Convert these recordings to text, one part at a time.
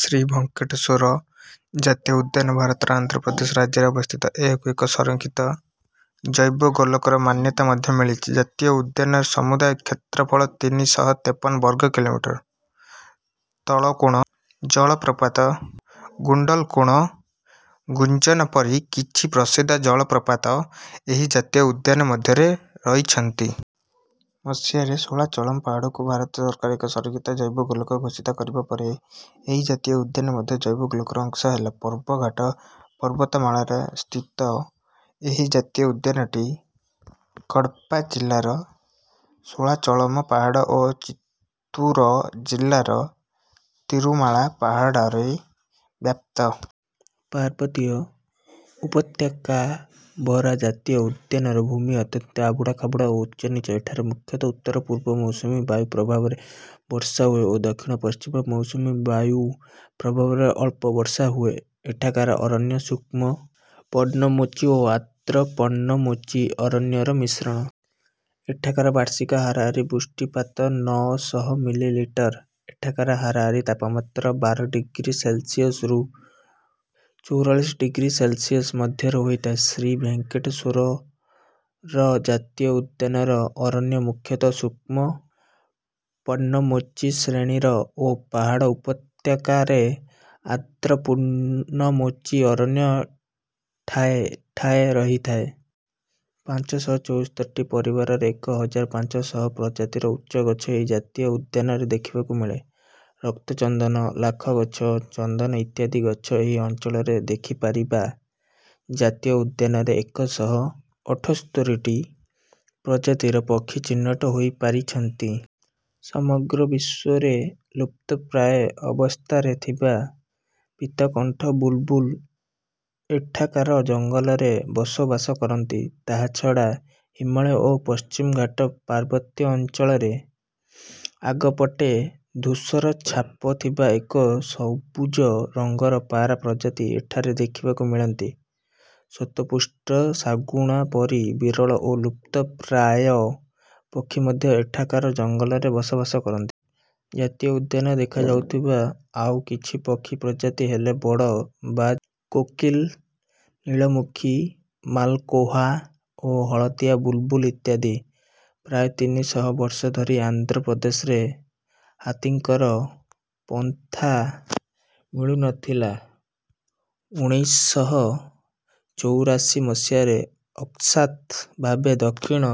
ଶ୍ରୀ ଭେଙ୍କଟେଶ୍ୱର ଜାତୀୟ ଉଦ୍ୟାନ ଭାରତର ଆନ୍ଧ୍ର ପ୍ରଦେଶ ରାଜ୍ୟରେ ଅବସ୍ଥିତ। ଏହାକୁ ଏକ ସଂରକ୍ଷିତ ଜୈବଗୋଲକର ମାନ୍ୟତା ମଧ୍ୟ ମିଳିଛି। ଜାତୀୟ ଉଦ୍ୟାନର ସମୁଦାୟ କ୍ଷେତ୍ରଫଳ ତିନି ଶହ ତେପନ ବର୍ଗ କିଲୋମିଟର। ତଳକୋଣ ଜଳପ୍ରପାତ, ଗୁଣ୍ଡଲକୋଣ, ଗୁଞ୍ଜନା ପରି କିଛି ପ୍ରସିଦ୍ଧ ଜଳପ୍ରପାତ ଏହି ଜାତୀୟ ଉଦ୍ୟାନ ମଧ୍ୟରେ ରହିଛନ୍ତି। ମସିହାରେ ଶେଷାଚଳମ୍ ପାହାଡ଼କୁ ଭାରତ ସରକାର ଏକ ସଂରକ୍ଷିତ ଜୈବଗୋଲକ ଘୋଷିତ କରିବା ପରେ ଏହି ଜାତୀୟ ଉଦ୍ୟାନ ମଧ୍ୟ ଜୈବଗୋଲକର ଅଂଶ ହେଲା। ପୂର୍ବଘାଟ ପର୍ବତମାଳାରେ ସ୍ଥିତ ଏହି ଜାତୀୟ ଉଦ୍ୟାନଟି କଡ଼ପ୍ପା ଜିଲ୍ଲାର ଶେଷାଚଳମ୍ ପାହାଡ଼ ଓ ଚିତ୍ତୁର ଜିଲ୍ଲାର ତିରୁମାଳା ପାହାଡ଼ରେ ବ୍ୟାପ୍ତ। ପାର୍ବତୀୟ ଉପତ୍ୟକାଭରା ଜାତୀୟ ଉଦ୍ୟାନର ଭୂମି ଅତ୍ୟନ୍ତ ଆବୁଡ଼ାଖାବୁଡ଼ା ଓ ଉଚ୍ଚନୀଚ। ଏଠାରେ ମୁଖ୍ୟତଃ ଉତ୍ତର-ପୂର୍ବ ମୌସୁମୀ ବାୟୁ ପ୍ରଭାବରେ ବର୍ଷା ହୁଏ ଓ ଦକ୍ଷିଣ-ପଶ୍ଚିମ ମୌସୁମୀ ବାୟୁ ପ୍ରଭାବରେ ଅଳ୍ପ ବର୍ଷା ହୁଏ। ଏଠାକାର ଅରଣ୍ୟ ଶୁଷ୍କ ପର୍ଣ୍ଣମୋଚୀ ଓ ଆର୍ଦ୍ର ପର୍ଣ୍ଣମୋଚୀ ଅରଣ୍ୟର ମିଶ୍ରଣ। ଏଠାକାର ବାର୍ଷିକ ହାରାହାରି ବୃଷ୍ଟିପାତ ନଅ ଶହ ମିଲିଲିଟର। ଏଠାକାର ହାରାହାରି ତାପମାତ୍ରା ବାର ଡିଗ୍ରୀ ସେଲ୍ସିୟସ୍‌ରୁ ଚଉରାଳିଶ ଡିଗ୍ରୀ ସେଲ୍ସିୟସ୍ ମଧ୍ୟରେ ହୋଇଥାଏ। ଶ୍ରୀ ଭେଙ୍କଟେଶ୍ୱରର ଜାତୀୟ ଉଦ୍ୟାନର ଅରଣ୍ୟ ମୁଖ୍ୟତଃ ସୂକ୍ଷ୍ମ ପର୍ଣ୍ଣମୋଚୀ ଶ୍ରେଣୀର ଓ ପାହାଡ଼ ଉପତ୍ୟକାରେ ଆର୍ଦ୍ର ପୂର୍ଣ୍ଣମୋଚୀ ଅରଣ୍ୟ ଠାଏ ଠାଏ ରହିଥାଏ। ପାଞ୍ଚ ଶହ ଚୋଉସ୍ତରୀଟି ପରିବାରର ଏକ ହଜାର ପାଞ୍ଚ ଶହ ପ୍ରଜାତିର ଉଚ୍ଚ ଗଛ ଏହି ଜାତୀୟ ଉଦ୍ୟାନରେ ଦେଖିବାକୁ ମିଳେ। ରକ୍ତଚନ୍ଦନ, ଲାଖ ଗଛ, ଚନ୍ଦନ ଇତ୍ୟାଦି ଗଛ ଏହି ଅଞ୍ଚଳରେ ଦେଖିପାରିବା। ଜାତୀୟ ଉଦ୍ୟାନରେ ଏକ ଶହ ଅଠସ୍ତରୀଟି ପ୍ରଜାତିର ପକ୍ଷୀ ଚିହ୍ନଟ ହୋଇପାରିଛନ୍ତି। ସମଗ୍ର ବିଶ୍ୱରେ ଲୁପ୍ତପ୍ରାୟେ ଅବସ୍ଥାରେ ଥିବା ପୀତକଣ୍ଠ ବୁଲ୍‌ବୁଲ୍ ଏଠାକାର ଜଙ୍ଗଲରେ ବସବାସ କରନ୍ତି। ତାହା ଛଡ଼ା ହିମାଳୟ ଓ ପଶ୍ଚିମଘାଟ ପାର୍ବତ୍ୟଅଞ୍ଚଳରେ ଆଗପଟେ ଧୂସର ଛାପ ଥିବା ଏକ ସବୁଜ ରଙ୍ଗର ପାର୍ ପ୍ରଜାତି ଏଠାରେ ଦେଖିବାକୁ ମିଳନ୍ତି। ଶ୍ୱେତପୃଷ୍ଠ ଶାଗୁଣା ପରି ବିରଳ ଓ ଲୁପ୍ତପ୍ରାୟ ପକ୍ଷୀ ମଧ୍ୟ ଏଠାକାର ଜଙ୍ଗଲରେ ବସବାସ କରନ୍ତି। ଜାତୀୟ ଉଦ୍ୟାନରେ ଦେଖାଯାଉଥିବା ଆଉ କିଛି ପକ୍ଷୀ ପ୍ରଜାତି ହେଲେ ବଡ଼ ବାଜ-କୋକିଲ, ନୀଳମୁଖୀ ମାଲକୋହା ଓ ହଳଦିଆ ବୁଲ୍‌ବୁଲ୍ ଇତ୍ୟାଦି। ପ୍ରାୟେ ତିନି ଶହ ବର୍ଷ ଧରି ଆନ୍ଧ୍ର ପ୍ରଦେଶରେ ହାତୀଙ୍କର ପନ୍ଥା ମିଳୁ ନ ଥିଲା। ଉଣେଇଶ ଶହ ଚୋଉରାଅଶୀ ମସିହାରେ ଅକ୍ସାତ୍ ଭାବେ ଦକ୍ଷିଣ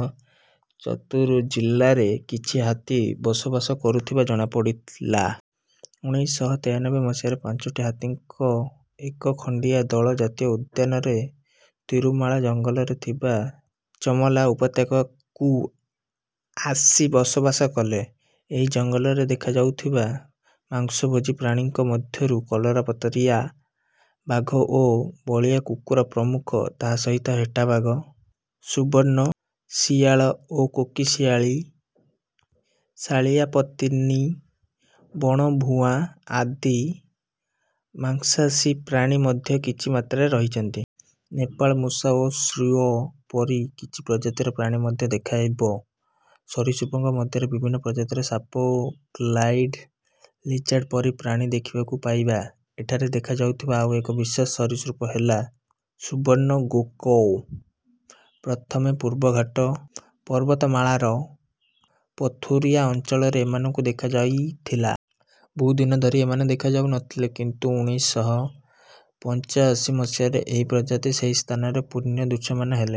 ଚିତ୍ତୁର ଜିଲ୍ଲାରେ କିଛି ହାତୀ ବସବାସ କରୁଥିବା ଜଣାପଡ଼ିଥିଲା। ଉଣେଇଶ ଶହ ତେରାନବେ ମସିହାରେ ପାଞ୍ଚଟି ହାତୀଙ୍କ ଏକ ଖଣ୍ଡିଆ ଦଳ ଜାତୀୟ ଉଦ୍ୟାନରେ ତିରୁମାଳା ଜଙ୍ଗଲରେ ଥିବା ଚମାଲା ଉପତ୍ୟକାକୁ ଆସି ବସବାସ କଲେ। ଏହି ଜଙ୍ଗଲରେ ଦେଖାଯାଉଥିବା ମାଂସଭୋଜୀ ପ୍ରାଣୀଙ୍କ ମଧ୍ୟରୁ କଲରାପତରିଆ ବାଘ ଓ ବଳିଆ କୁକୁର ପ୍ରମୁଖ। ତା’ ସହିତ ହେଟା ବାଘ, ସୁବର୍ଣ୍ଣ ଶିଆଳ, କୋକିଶିଆଳୀ, ଶାଳିଆପତିନି, ବଣଭୁଁଆ ଆଦି ମାଂସାଶୀ ପ୍ରାଣୀ ମଧ୍ୟ କିଛି ମାତ୍ରାରେ ରହିଚନ୍ତି। ନେପାଳୀ ମୂଷା ଓ ଶ୍ରୁ ପରି କିଛି ପ୍ରଜାତିର ପ୍ରାଣୀ ମଧ୍ୟ ଦେଖିହେବ। ସରୀସୃପଙ୍କ ମଧ୍ୟରେ ବିଭିନ୍ନ ପ୍ରଜାତିର ସାପ ଓ ଗ୍ଲାଇଡ୍ ଲିଜାର୍ଡ୍ ପରି ପ୍ରାଣୀ ଦେଖିବାକୁ ପାଇବା। ଏଠାରେ ଦେଖାଯାଉଥିବା ଆଉ ଏକ ବିଶେଷ ସରୀସୃପ ହେଲା ସୁବର୍ଣ୍ଣ ଗୋକୋ। ପ୍ରଥମେ ପୂର୍ବଘାଟ ପର୍ବତମାଳାର ପଥୁରିଆ ଅଞ୍ଚଳରେ ଏମାନଙ୍କୁ ଦେଖାଯାଇଥିଲା। ବୋହୁ ଦିନ ଧରି ଏମାନେ ଦେଖାଯାଉ ନ ଥିଲେ କିନ୍ତୁ ଉଣେଇଶ ଶହ ପଞ୍ଚାଅଶୀ ମସିହାରେ ଏହି ପ୍ରଜାତି ସେଇ ସ୍ଥାନରେ ପୁନଃ ଦୃଶ୍ୟମାନ ହେଲେ।